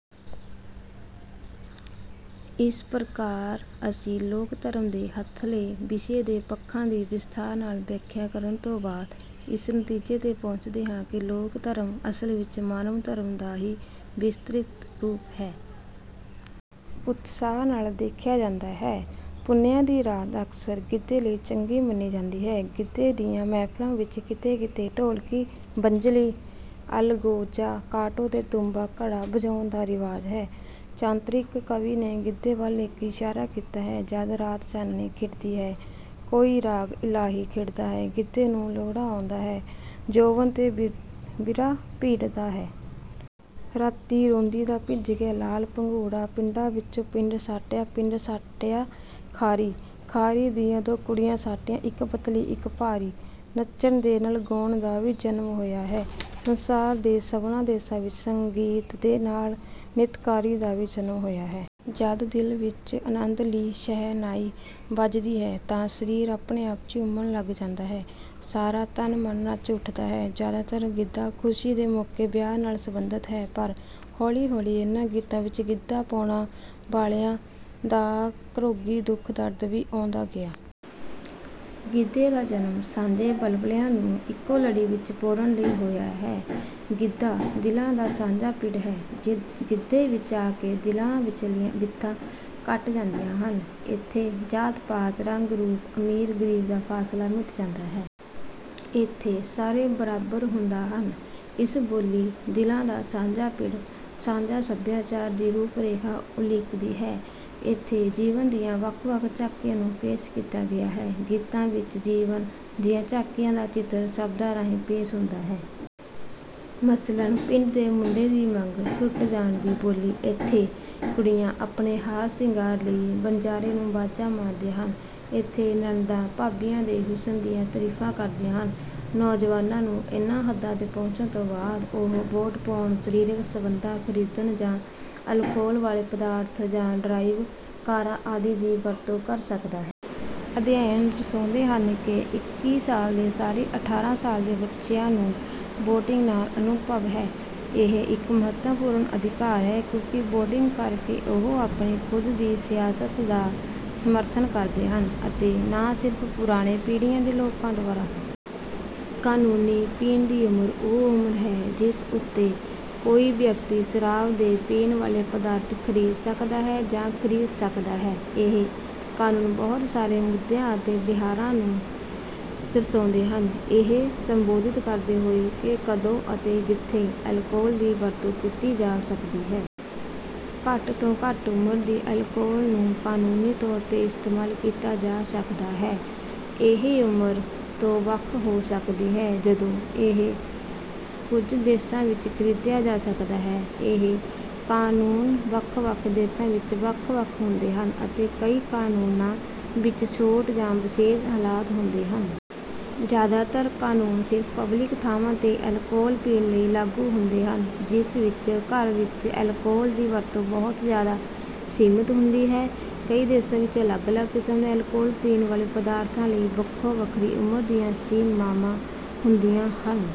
ਇਸ ਪ੍ਰਕਾਰ ਅਸੀਂ ਲੋਕ ਧਰਮ ਦੇ ਹੱਥਲੇ ਵਿਸ਼ੇ ਦੇ ਪੱਖਾਂ ਦੀ ਵਿਸਥਾਰ ਨਾਲ ਵਿਆਖਿਆ ਕਰਨ ਤੋਂ ਬਾਅਦ ਇਸ ਨਤੀਜੇ ਤੇ ਪਹੁੰਚਦੇ ਹਾਂ ਕਿ ਲੋਕ ਧਰਮ ਅਸਲ ਵਿੱਚ ਮਾਨਵ ਧਰਮ ਦਾ ਹੀ ਵਿਸਤ੍ਰਿਤ ਰੂਪ ਹੈ। ਉਤਸ਼ਾਹ ਨਾਲ ਦੇਖਿਆ ਜਾਂਦਾ ਹੈ। ਪੁਨਿਆਂ ਦੀ ਰਾਤ ਅਕਸਰ ਗਿੱਧੇ ਲਈ ਚੰਗੀ ਮੰਨੀ ਜਾਂਦੀ ਹੈ। ਗਿੱਧੇ ਦੀਆਂ ਮਹਿਫਲਾਂ ਵਿੱਚ ਕਿੱਤੇ ਕਿੱਤੇ ਢੋਲਕੀ ਵੰਜਲੀ ਅਲਗੋਜਾ ਕਾਟੋ ਤੇ ਤੂੰਬਾ ਘੜਾ ਵਜਾਉਣ ਦਾ ਰਿਵਾਜ ਹੈ। ਚਾਤ੍ਰਿਕ ਕਵੀ ਨੇ ਗਿੱਧੇ ਵੱਲ ਇੱਕ ਇਸ਼ਾਰਾ ਕੀਤਾ ਹੈ ਜਦ ਰਾਤ ਚਾਨਣੀ ਖਿੜਦੀ ਹੈ ਕੋਈ ਰਾਗ ਇਲਾਹੀ ਖਿੜਦਾ ਹੈ ਗਿੱਧੇ ਨੂੰ ਲੋਹੜਾ ਆਉਂਦਾ ਹੈ ਜ਼ੋਬਨ ਤੇ ਬਿਰਹਾ ਭਿੜਦਾ ਹੈ। ਰਾਤੀਂ ਰੋਂਦੀ ਦਾ ਭਿੱਜ ਗਿਆ ਲਾਲ ਪੰਗੂੜਾ। ਪਿੰਡਾਂ ਵਿੱਚੋਂ ਪਿੰਡ ਛਾਟਿਆਂ ਪਿੰਡ ਛਾਟਿਆਂ ਖਾਰੀ ਖਾਰੀ ਦੀਆਂ ਦੋ ਕੁੜੀਆਂ ਛਾਟੀਆਂ ਇੱਕ ਪੱਤਲੀ ਇੱਕ ਭਾਰੀ। ਨੱਚਣ ਦੇ ਨਾਲ ਗਾਉਣ ਦਾ ਵੀ ਜਨਮ ਹੋਇਆ ਹੈ। ਸੰਸਾਰ ਦੇ ਸਭਨਾ ਦੇਸ਼ਾਂ ਵਿੱਚ ਸੰਗੀਤ ਦੇ ਨਾਲ ਨਿਤਕਾਰੀ ਦਾ ਵੀ ਜਨਮ ਹੋਇਆ ਹੈ। ਜਦ ਦਿਲ ਵਿੱਚ ਆਨੰਦ ਲੀ ਛਹਿਣਾਈ ਵੱਜਦੀ ਏ ਤਾਂ ਸਰੀਰ ਆਪਣੇ ਆਪ ਝੂਮਣ ਲੱਗ ਜਾਂਦਾ ਹੈ। ਸਾਰਾ ਤਨ ਮਨ ਨੱਚ ਉਠਦਾ ਹੈ। ਜਿਆਦਾਤਰ ਗਿੱਧਾ ਖੁਸ਼ੀ ਮੋਕੇ ਵਿਆਹ ਨਾਲ ਸਬੰਧਤ ਹੈ। ਪਰ ਹੋਲੀ ਹੋਲੀ ਇਹਨਾਂ ਗੀਤਾਂ ਵਿੱਚ ਗਿੱਧਾ ਪਾਉਣ ਵਾਲਿਆਂ ਦਾ ਘਰੋਗੀ ਦੁੱਖ ਦਰਦ ਵੀ ਆਉਂਦਾ ਗਿਆ। ਗਿੱਧੇ ਦਾ ਜਨਮ ਸਾਂਝੇ ਵਲਵਲਿਆਂ ਨੂੰ ਇੱਕੋ ਲੜੀ ਵਿੱਚ ਪੋਰਣ ਲਈ ਹੋਇਆ ਹੈ। ਗਿੱਧਾ ਦਿਲਾਂ ਦਾ ਸਾਂਝਾ ਪਿੜ ਹੈ। ਗਿੱਧੇ ਵਿੱਚ ਆ ਕੇ ਦਿਲਾਂ ਵਿੱਚਲੀਆਂ ਵਿੱਥਾਂ ਘੱਟ ਜਾਂਦੀਆਂ ਹਨ। ਇੱਥੇ ਜਾਤ ਪਾਤ ਰੰਗ ਰੂਪ ਅਮੀਰ ਗਰੀਬ ਦਾ ਫਾਸਲਾ ਮਿਟ ਜਾਂਦਾ ਹੈ। ਇੱਥੇ ਸਾਰੇ ਬਰਾਬਰ ਹੁੰਦਾ ਹਨ। ਇਸ ਬੋਲੀ ਦਿਲਾਂ ਦਾ ਸਾਂਝਾ ਪਿੜ ਸਾਂਝਾ ਸਭਿਆਚਾਰ ਦੀ ਰੂਪ ਰੇਖਾ ਉਲੀਕਦੀ ਹੈ। ਇੱਥੇ ਜੀਵਨ ਦੀਆਂ ਵੱਖ ਵੱਖ ਝਾਕੀਆਂ ਨੂੰ ਪੇਸ਼ ਕੀਤਾ ਗਿਆ ਹੈ। ਗੀਤਾਂ ਵਿੱਚ ਜੀਵਨ ਦੀਆਂ ਝਾਕੀਆਂ ਦਾ ਚਿੱਤਰ ਸ਼ਬਦਾਂ ਰਾਹੀਂ ਪੇਸ਼ ਹੁੰਦਾ ਹੈ। ਮਸਲਨ ਪਿੰਡ ਦੇ ਮੁੰਡੇ ਦੀ ਮੰਗ ਛੁਟ ਜਾਣ ਦੀ ਬੋਲੀ ਇੱਥੇ ਕੁੜੀਆਂ ਆਪਣੇ ਹਾਰ ਸ਼ਿੰਗਾਰ ਲਈ ਵਣਜਾਰੇ ਨੂੰ ਵਾਜਾਂ ਮਾਰਦੀਆਂ ਹਨ ਇੱਥੇ ਨਣਦਾਂ ਭਾਬੀਆਂ ਦੇ ਹੁਸਨ ਦੀਆਂ ਤਾਰੀਫਾਂ ਕਰਦੀਆਂ ਹਨ। ਨੌਜਵਾਨਾਂ ਨੂੰ ਇਹਨਾਂ ਹੱਦਾਂ ਤੇ ਪਹੁੰਚਣ ਤੋਂ ਬਾਅਦ ਉਹ ਵੋਟ ਪਾਉਣ ਸਰੀਰਕ ਸਬੰਧਾਂ ਖਰੀਦਣ ਜਾਂ ਅਲਕੋਹਲ ਵਾਲੇ ਪਦਾਰਥ ਜਾਂ ਡਰਾਈਵ ਕਾਰਾਂ ਆਦਿ ਦੀ ਵਰਤੋਂ ਕਰ ਸਕਦਾ ਹੈ। ਅਧਿਐਨ ਦਰਸਾਉਂਦੇ ਹਨ ਕਿ ਇਕੀ ਸਾਲ ਦੇ ਸਾਰੇ ਅਠਾਰਾਂ ਸਾਲ ਦੇ ਬੱਚਿਆਂ ਨੂੰ ਵੋਟਿੰਗ ਨਾਲ ਅਨੁਭਵ ਹੈ। ਇਹ ਇੱਕ ਮਹੱਤਵਪੂਰਨ ਅਧਿਕਾਰ ਹੈ ਕਿਉਂਕਿ ਵੋਟਿੰਗ ਕਰਕੇ ਉਹ ਆਪਣੀ ਖੁਦ ਦੀ ਸਿਆਸਤ ਦਾ ਸਮਰਥਨ ਕਰਦੇ ਹਨ ਅਤੇ ਨਾ ਸਿਰਫ ਪੁਰਾਣੇ ਪੀੜ੍ਹੀਆਂ ਦੇ ਲੋਕਾਂ ਦੁਆਰਾ। ਕਾਨੂੰਨੀ ਪੀਣ ਦੀ ਉਮਰ ਉਹ ਉਮਰ ਹੈ ਜਿਸ ਉੱਤੇ ਕੋਈ ਵਿਅਕਤੀ ਸ਼ਰਾਬ ਦੇ ਪੀਣ ਵਾਲੇ ਪਦਾਰਥ ਖਰੀਦ ਸਕਦਾ ਹੈ ਜਾਂ ਖਰੀਦ ਸਕਦਾ ਹੈ। ਇਹ ਕਾਨੂੰਨ ਬਹੁਤ ਸਾਰੇ ਮੁੱਦਿਆਂ ਅਤੇ ਵਿਹਾਰਾਂ ਨੂੰ ਦਰਸਾਉਂਦੇ ਹਨ ਇਹ ਸੰਬੋਧਿਤ ਕਰਦੇ ਹੋਏ ਕਿ ਕਦੋਂ ਅਤੇ ਜਿੱਥੇ ਅਲਕੋਹਲ ਦੀ ਵਰਤੋਂ ਕੀਤੀ ਜਾ ਸਕਦੀ ਹੈ। ਘੱਟ ਤੋਂ ਘੱਟ ਉਮਰ ਦੀ ਅਲਕੋਹਲ ਨੂੰ ਕਾਨੂੰਨੀ ਤੌਰ ਤੇ ਇਸਤੇਮਾਲ ਕੀਤਾ ਜਾ ਸਕਦਾ ਹੈ ਇਹ ਉਮਰ ਤੋਂ ਵੱਖ ਹੋ ਸਕਦੀ ਹੈ ਜਦੋਂ ਇਹ ਕੁਝ ਦੇਸ਼ਾਂ ਵਿੱਚ ਖਰੀਦਿਆ ਜਾ ਸਕਦਾ ਹੈ। ਇਹ ਕਾਨੂੰਨ ਵੱਖ ਵੱਖ ਦੇਸ਼ਾਂ ਵਿੱਚ ਵੱਖ ਵੱਖ ਹੁੰਦੇ ਹਨ ਅਤੇ ਕਈ ਕਾਨੂੰਨਾਂ ਵਿੱਚ ਛੋਟ ਜਾਂ ਵਿਸ਼ੇਸ਼ ਹਾਲਾਤ ਹੁੰਦੇ ਹਨ। ਜ਼ਿਆਦਾਤਰ ਕਾਨੂੰਨ ਸਿਰਫ ਪਬਲਿਕ ਥਾਵਾਂ ਤੇ ਅਲਕੋਹਲ ਪੀਣ ਲਈ ਲਾਗੂ ਹੁੰਦੇ ਹਨ ਜਿਸ ਵਿੱਚ ਘਰ ਵਿੱਚ ਅਲਕੋਹਲ ਦੀ ਵਰਤੋਂ ਬਹੁਤ ਜ਼ਿਆਦਾ ਸੀਮਿਤ ਹੁੰਦੀ ਹੈ। ਕਈ ਦੇਸ਼ਾਂ ਵਿੱਚ ਅਲੱਗ ਅਲੱਗ ਕਿਸਮ ਦੇ ਅਲਕੋਹਲ ਪੀਣ ਵਾਲੇ ਪਦਾਰਥਾਂ ਲਈ ਵੱਖੋ ਵੱਖਰੀ ਉਮਰ ਦੀਆਂ ਸੀਮਾਵਾਂ ਹੁੰਦੀਆਂ ਹਨ।